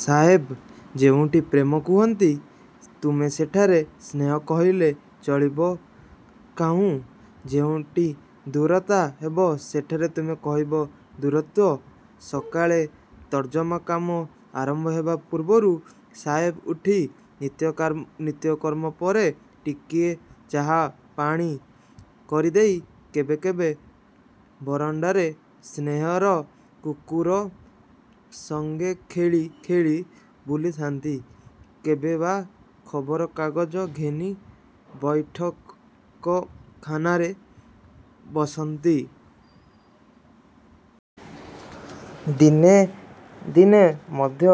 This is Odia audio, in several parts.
ସାହେବ ଯେଉଁଠି 'ପ୍ରେମ' କହୁଛନ୍ତି, ତୁମେ ସେଠାରେ 'ସ୍ନେହ' କହିଲେ ଚଳିବ କାହୁଁ? ଯେଉଁଠି 'ଦୂରତା' ହେବ-ସେଠାରେ ତୁମେ କହିବ 'ଦୂରତ୍ୱ'? ସକାଳେ ତର୍ଜମା କାମ ଆରମ୍ଭ ହେବା ପୂର୍ବରୁ ସାହେବ ଉଠି ନିତ୍ୟକର୍ମ ପରେ ଟିକିଏ ଚାହା ପାଣି କରିଦେଇ କେବେ କେବେ ବରଣ୍ତାରେ ସ୍ନେହର କୁକୁର ସଙ୍ଗେ ଖେଳି ଖେଳି ବୁଲୁଥାନ୍ତି କେବେ ବା ଖବରକାଗଜ ଘେନି ବୈଠକଖାନାରେ ପଢ଼ି ବସନ୍ତି। ଦିନେ ଦିନେ ମଧ୍ୟ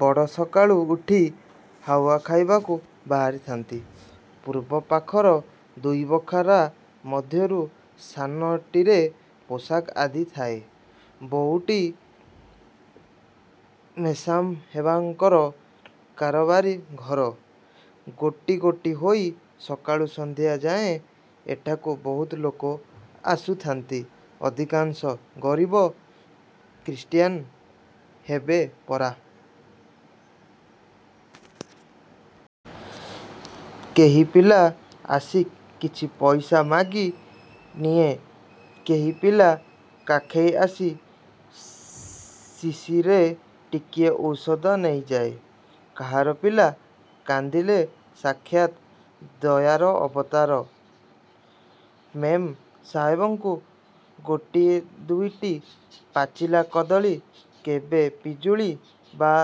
ବଡ଼ ସକାଳୁ ଉଠି ହାଉଆ ଖାଇବାକୁ ବାହାରିଯାନ୍ତି। ପୂର୍ବପାଖର ଦୁଇ ବଖରା ମଧ୍ୟରୁ ସାନଟିରେ ପୋଷାକ ଆଦି ଥାଏ, ବଡ଼ଟି ମେମ୍ସାହେବଙ୍କର କାରବାରି ଘର। ଗୋଟି ଗୋଟି ହୋଇ ସକାଳୁ ସନ୍ଧ୍ୟାଯାଏ ଏଠାକୁ ବହୁତ ଲୋକ ଆସୁଥାନ୍ତି। ଅଧିକାଂଶ ଗରୀବ-ଖ୍ରୀଷ୍ଟାନ ହେବେ ପରା! କେହି ପିଲା ଆସି କିଛି ପଇସା ମାଗି ନିଏ କେହି ପିଲା କାଖେଇ ଆସି ଶିଶିରେ ଟିକିଏ ଔଷଧ ନେଇଯାଏ। କାହାର ପିଲା କାନ୍ଦିଲେ ସାକ୍ଷାତ୍ ଦୟାର ଅବତାର ମେମ ସାହେବଙ୍କଠୁଁ ଗୋଟିଏ ଦିଓଟି ପାଚିଲା କଦଳୀ କେବେ ପିଜୁଳି ବା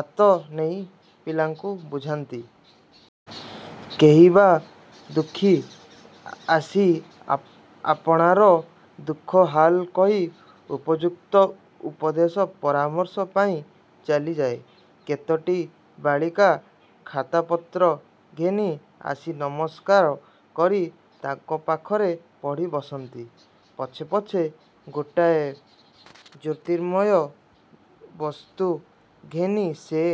ଆତ ନେଇ ପିଲାଙ୍କୁ ବୁଝାନ୍ତି। କେହି ବା ଦୁଃଖୀ ଆସି ଆପଣାର ଦୁଃଖ ହାଲ କହି ଉପଯୁକ୍ତ ଉପଦେଶ ପରାମର୍ଶ ପାଇ ଚାଲିଯାଏ। କେତୋଟି ବାଳିକା ଖାତାପତ୍ର ଘେନି ଆସି ନମସ୍କାର କରି ତାଙ୍କ ପାଖରେ ପଢ଼ି ବସନ୍ତି। ପଛେ ପଛେ ଗୋଟାଏ ଜ୍ୟୋତିର୍ମୟ ବସ୍ତୁ ଦେଖି ସେ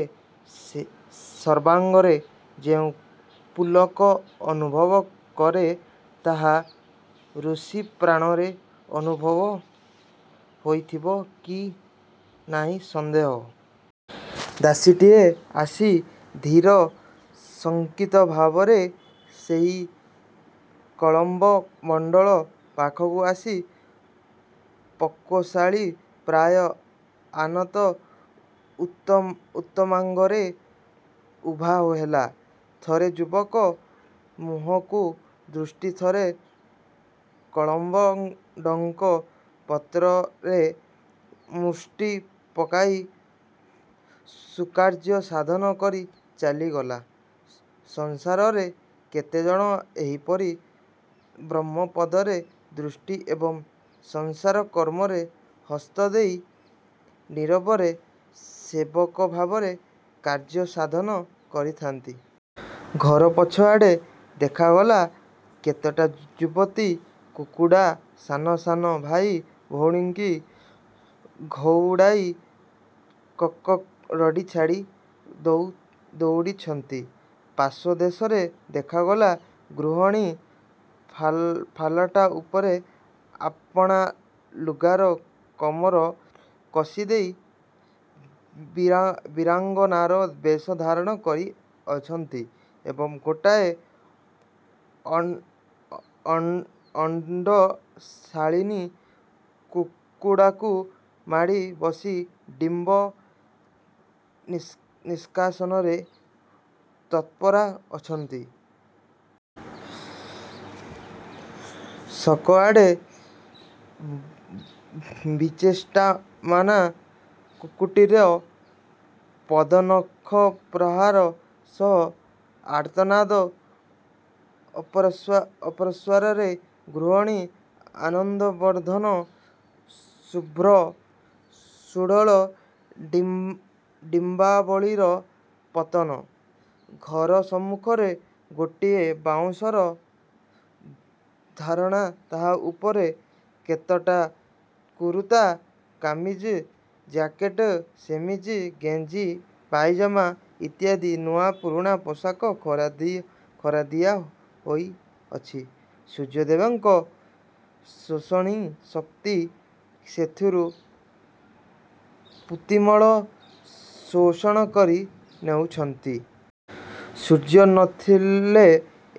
ସର୍ବାଙ୍ଗରେ ଯେଉଁ ପୁଲକ ଅନୁଭବ କରେ, ତାହା ଋଷିପ୍ରାଣରେ ଅନୁଭବ ହୋଇଥିବ କି ନାହିଁ ସନ୍ଦେହ। ଦାସୀଟିଏ ଆସି ଧୀର ଶଙ୍କିତଭାବରେ ସେହି କଳମ୍ବ-ମଣ୍ତଳ ପାଖକୁ ଆସି ପକ୍ୱଶାଳି ପ୍ରାୟ ଆନତ ଉତ୍ତମାଙ୍ଗରେ ଉଭା ହେଲା। ଥରେ ଯୁବକ ମୁହଁକୁ ଦୃଷ୍ଟି, ଥରେ କଳମ୍ବ ଡଙ୍କ ପତ୍ରରେ ମୁଷ୍ଟି ପକାଇ ସ୍ୱକାର୍ଯ୍ୟ ସାଧନ କରି ଚାଲିଗଲା। ସଂସାରରେ କେତେଜଣ ଏହିପରି ବ୍ରହ୍ମପଦରେ ଦୃଷ୍ଟି ଏବଂ ସଂସାରକର୍ମରେ ହସ୍ତ ଦେଇ ନୀରବରେ ସେବକଭାବରେ କାର୍ଯ୍ୟ ସାଧନ କରି ଯାନ୍ତି! ଘର ପଛଆଡ଼େ ଦେଖାଗଲା, କେତେଟା ଯୁବତୀ କୁକୁଡ଼ା ସାନ ସାନ ଭାଇ ଭଉଣୀଙ୍କି ଘଉଡ଼ାଇ କକ୍କକ୍ ରଡ଼ି ଛାଡ଼ି ଦଉଡ଼ିଛନ୍ତି। ପାର୍ଶ୍ୱଦେଶରେ ଦେଖାଗଲା, ଗୃହିଣୀ ଫାଲଟା ଉପରେ ଆପଣା ଲୁଗାରେ କମର କଷିଦେଇ ବୀରାଙ୍ଗନାର ବେଶ ଧାରଣ କରିଅଛନ୍ତି ଏବଂ ଗୋଟାଏ ଅଣ୍ତଶାଳିନୀ କୁକୁଡ଼ାକୁ ମାଡ଼ି ବସି ଡିମ୍ବ ନିଷ୍କାଶନରେ ତତ୍ପରା ଅଛନ୍ତି। ଏକଆଡ଼େ ବିଚେଷ୍ଟମାନା କୁକ୍କୁଟୀର ପଦନଖପ୍ରହାର ସହ ଆର୍ତ୍ତନାଦ ଅପରପାର୍ଶ୍ୱରେ ଗୃହିଣୀ-ଆନନ୍ଦବର୍ଦ୍ଧନ ଶୁଭ୍ର ସୁଢଳ ଡିମ୍ବାବଳୀର ପତନ। ଘର ସମ୍ମୁଖରେ ଗୋଟିଏ ବାଉଁଶର ଧାରଣା ତାହା ଉପରେ କେତେଟା କୁରୁତା-କାମିଜ-ଜ୍ୟାକେଟ-ଶେମିଜ୍-ଗେଞ୍ଜି-ପାଇଜାମା ଇତ୍ୟାଦି ନୂଆ ପୁରୁଣା ପୋଷାକ ଖରା ଦିଆ ହୋଇଅଛି। ସୂର୍ଯ୍ୟଦେବଙ୍କ ଶୋଷଣୀ ଶକ୍ତି ସେଥିରୁ ପୂତିମଳ ଶୋଷଣ କରି ନେଉଅଛି। ସୂର୍ଯ୍ୟ ନ ଥିଲେ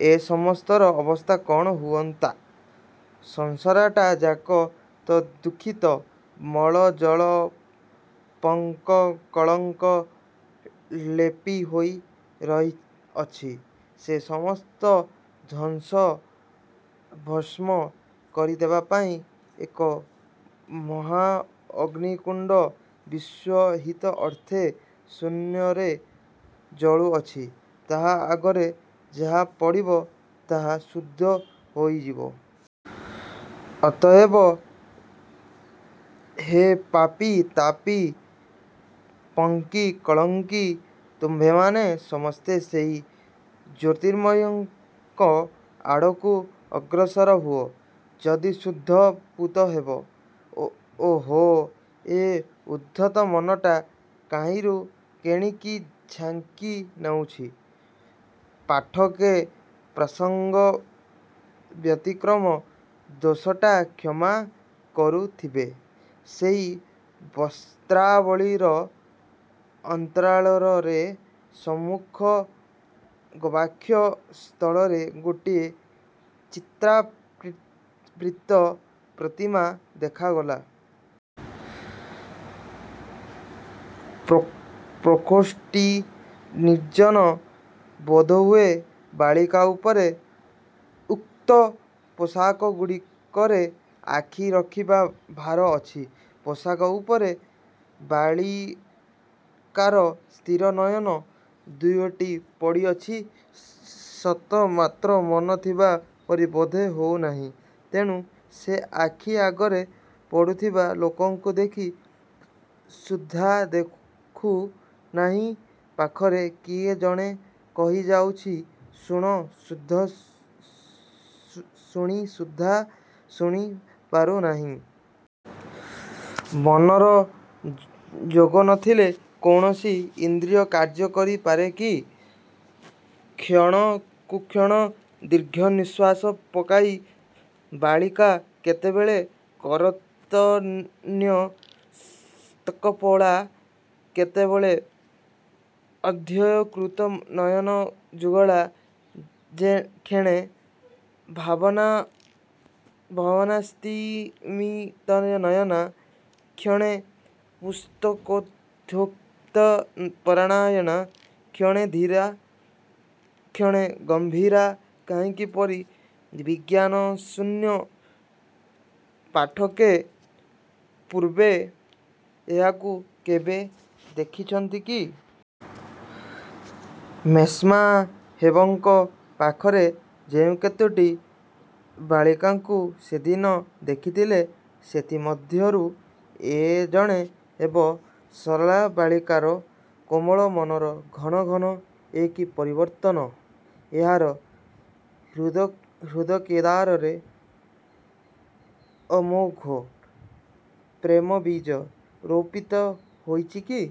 ଏ ସମସ୍ତର ଅବସ୍ଥା କଣ ହୁଅନ୍ତା! ସଂସାରଟା ଯାକ ତ ଦୂଷିତ ମଳ-ଜଳ-ପଙ୍କ-କଳଙ୍କ ଲେପି ହୋଇ ରହିଅଛି। ସେ ସମସ୍ତ ଧ୍ୱଂସ-ଭସ୍ମ କରିଦେବାପାଇଁ ଏକ ମହାଅଗ୍ନିକୁଣ୍ଡ ବିଶ୍ୱହିତ ଅର୍ଥେ ଶୂନ୍ୟରେ ଜଳୁଅଛି। ତାହା ଆଗରେ ଯାହା ପଡିବ, ତାହା ଶୁଦ୍ଧ ହୋଇଯିବ। ଅତଏବ ହେ ପାପୀ-ତାପୀ-ପଙ୍କୀ-କଳଙ୍କୀ, ତୁମ୍ଭେମାନେ ସମସ୍ତେ ସେହି ଜ୍ୟୋତିର୍ମୟଙ୍କ ଆଡ଼କୁ ଅଗ୍ରସର ହୁଅ ଯଦି ଶୁଦ୍ଧ ପୂତ ହେବ। ଓହୋ! ଏ ଉଦ୍ଧତ ମନଟା କାହିଁରୁ କେଣିକି ଝାଙ୍କି ନେଉଛି। ପାଠକେ, ପ୍ରସଙ୍ଗବ୍ୟତିକ୍ରମ ଦୋଷଟା କ୍ଷମା କରୁଥିବେ। ସେହି ବସ୍ତ୍ରାବଳୀର ଅନ୍ତରାଳରେ ସମ୍ମୁଖ ଗବାକ୍ଷ ସ୍ଥଳରେ ଗୋଟିଏ ଚିତ୍ରାର୍ପିତ ପ୍ରତିମା ଦେଖାଗଲା। ପ୍ରକୋଷ୍ଠଟି ନିର୍ଜନ, ବୋଧହୁଏ ବାଳିକା ଉପରେ ଉକ୍ତ ପୋଷାକଗୁଡ଼ିକରେ ଆଖି ରଖିବା ଭାର ଅଛି। ପୋଷାକ ଉପରେ ବାଳିକାର ସ୍ଥିର ନୟନ ଦିଓଟି ପଡ଼ିଅଛି ସତ, ମାତ୍ର ମନ ଥିଲା ପରି ବୋଧ ହେଉ ନାହିଁ। ତେଣୁ ସେ ଆଖି ଆଗରେ ପଡ଼ୁଥିବା ଲୋକଙ୍କୁ ଦେଖି ସୁଦ୍ଧା ଦେଖୁ ନାହିଁ ପାଖରେ କିଏ କଣ କହିଯାଉଛି, ଶୁଣି ସୁଦ୍ଧା ଶୁଣି ପାରୁ ନାହିଁ। ମନର ଯୋଗ ନଥିଲେ କୌଣସି ଇନ୍ଦ୍ରିୟ କାର୍ଯ୍ୟ କରି ପାରେ କି? କ୍ଷଣକୁକ୍ଷଣ ଦୀର୍ଘନିଶ୍ୱାସ ପକାଇ ବାଳିକା କେତେବେଳେ କରତଳନ୍ୟସ୍ତକପୋଳା, କେତେବେଳେ ଅଧଃକୃତନୟନଯୁଗଳା, କ୍ଷଣେ ଭାବନାସ୍ତିମିତନୟନା, କ୍ଷଣେ ପୁସ୍ତକୋଦ୍ଘାଟନପରାୟଣା, କ୍ଷଣେ ଧୀରା, କ୍ଷଣେ ଗମ୍ଭୀରା। କାହିଁକି ଏପରି ବାହ୍ୟଜ୍ଞାନଶୂନ୍ୟା? ପାଠକେ! ପୂର୍ବେ ଏହାକୁ କେବେ ଦେଖିଅଛନ୍ତି କି? ମେମ୍ସାହେବଙ୍କ ପାଖରେ ଯେଉଁ କେତୋଟି ବାଳିକାଙ୍କୁ ସେଦିନ ଦେଖିଥିଲେ, ସେଥି ମଧ୍ୟରୁ ଏ ଜଣେ ହେବ! ସରଳା ବାଳିକାର କୋମଳ ମନର ଘନ ଘନ ଏ କି ପରିବର୍ତ୍ତନ! ଏହାର ହୃଦକେଦାରରେ ଅମୋଘ ପ୍ରେମବୀଜ ରୋପିତ ହୋଇଅଛି କି?